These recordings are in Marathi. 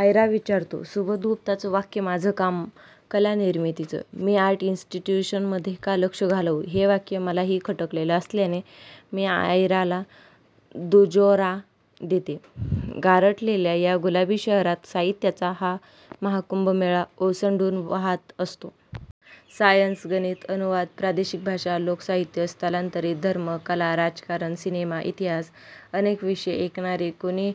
आयरा विचारतो. सुबोध गुप्ताचं वाक्य माझं काम कला निर्मितीचं, मी आर्ट इन्स्टीट्यूशन मधे का लक्ष घालवू हे वाक्य मलाही खटकलेलं असल्याने मी आयराला दुजोरा देते. गारठलेल्या या गुलाबी शहरात साहित्याचा हा महाकुंभमेळा ओसंडून वहात असतो. सायन्स, गणित, अनुवाद, प्रादेषिक भाषा, लोकसाहित्य, स्थलांतरित, धर्म, कला, राजकारण, सिनेमा, इतिहास अनेक विषय. ऐकणारे कोणी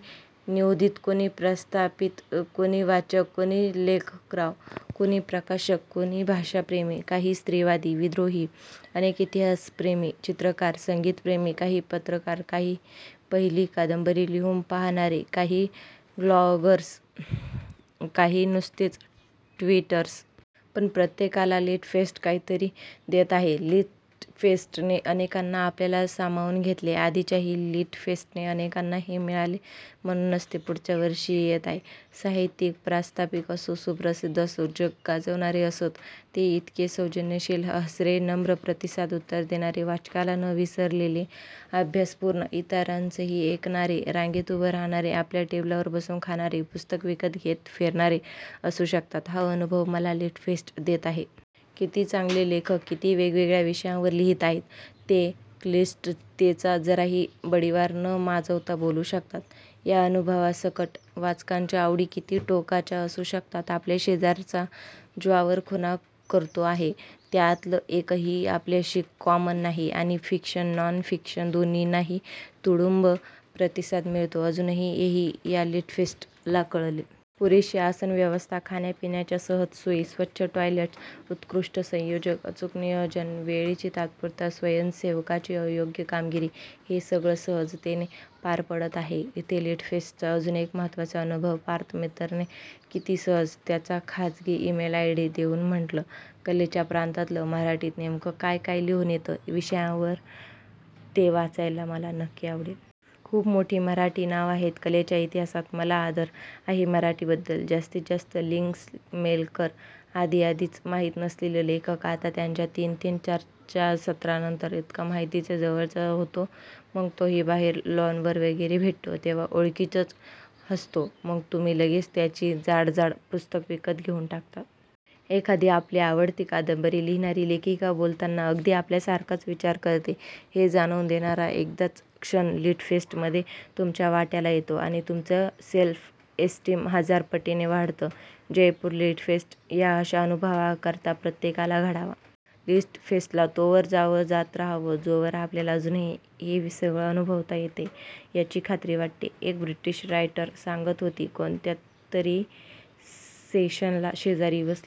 नवोदित, कोणी प्रस्थापित, कोणी वाचक, कोणी लेखकराव, कोणी प्रकाशक, कोणी भाषाप्रेमी, काही स्त्री-वादी, विद्रोही, अनेक इतिहासप्रेमी. चित्रकार, संगीतप्रेमी, काही पत्रकार, काही पहिली कादंबरी लिहू पहाणारे, काही ब्लॉगर्स, काही नुसतेच ट्वीटर्स. पण प्रत्येकाला लिटफ़ेस्ट काहीतरी देतं आहे. लिटफ़ेस्टने अनेकांना आपल्यात सामावून घेतले. आधीच्याही लिटफ़ेस्टने अनेकांना हे मिळाले म्हणूनच ते पुढच्या वर्षीही येत राहीले. साहित्यिक प्रस्थापित असो, सुप्रसिद्ध असो, जग गाजवणारे असोत.. ते इतके सौजन्यशील, हसरे, नम्र प्रतिसाद, उत्तरे देणारे, वाचकाला न विसरलेले, अभ्यासूपणे इतरांचंही ऐकणारे, रांगेत उभं रहाणारे, आपल्या टेबलावर बसून खाणारे, पुस्तकं विकत घेत फ़िरणारे असू शकतात हा अनुभव मला लिटफ़ेस्ट देत आहे. किती चांगले लेखक, किती वेगवेगळ्या विषयांवर लिहित आहेत, ते क्लिष्टतेचा जराही बडिवार न माजवता बोलू शकतात, या अनुभवासकट. वाचकांच्या आवडी किती टोकाच्या असू शकतात. आपल्या शेजारचा ज्यावर खूणा करतो आहे त्यातलं एकही आपल्याशी कॉमन नाही, आणि फ़िक्शन, नॉन फ़िक्शन दोन्हीनाही तुडुंब प्रतिसाद मिळतो अजूनही हेही या लिटफ़ेस्टला कळले. पुरेशी आसन व्यवस्था, खाण्या-पिण्याच्या सहज सोयी, स्वच्छ टॉयलेट्स, उत्कृष्ट संयोजन, अचूक नियोजन, वेळेची तत्परता, स्वयंसेवकांची योग्य कामगिरी हे सगळं सहजतेनं पार पडत आहे इथे. लिटफ़ेस्टचा अजून एक महत्वाचा अनुभव. पार्थ मित्तरने किती सहज त्याचा खाजगी इमेल आयडी देऊन म्हटलं, कलेच्या प्रांतातलं मराठीत नेमकं काय काय लिहून येतं, कोणत्या विषयांवर ते वाचायला मला नक्की आवडेल. खूप मोठी मराठी नावं आहेत कलेच्या इतिहासात. मला आदर आहे मराठीबद्दल. जास्तीतजास्त लिंक्स मेल कर. आधी कधीच माहीत नसलेले लेखक, आता त्यांच्या तीन-तीन चर्चासत्रांनंतर इतका माहितीचा, जवळचा होतो, मग तोही बाहेर लॉनवर वगैरे भेटतो तेव्हा ओळखीचं हसतो, मग तुम्ही लगेच त्याची जाडजाड पुस्तकं विकत घेऊन टाकता. एखादी आपली आवडती कादंबरी लिहिणारी लेखिका बोलताना अगदी आपल्यासारखाच विचार करते हे जाणवून देणारा एखादाच क्षण लिटफ़ेस्टमधे तुमच्या वाट्याला येतो आणि तुमचं सेल्फ़ एस्टीम हजार पटींने वाढतं. जयपूर लिटफ़ेस्ट या अशा अनुभवांकरता प्रत्येकाला घडावा. लिटफ़ेस्टला तोवर जावं, जात रहावं जोवर आपल्याला अजूनही हे सगळं अनुभवता येतय याची खात्री वाटते. एक ब्रिटिश रायटर सांगत होती कोणत्यातरी सेशनला शेजारी बसली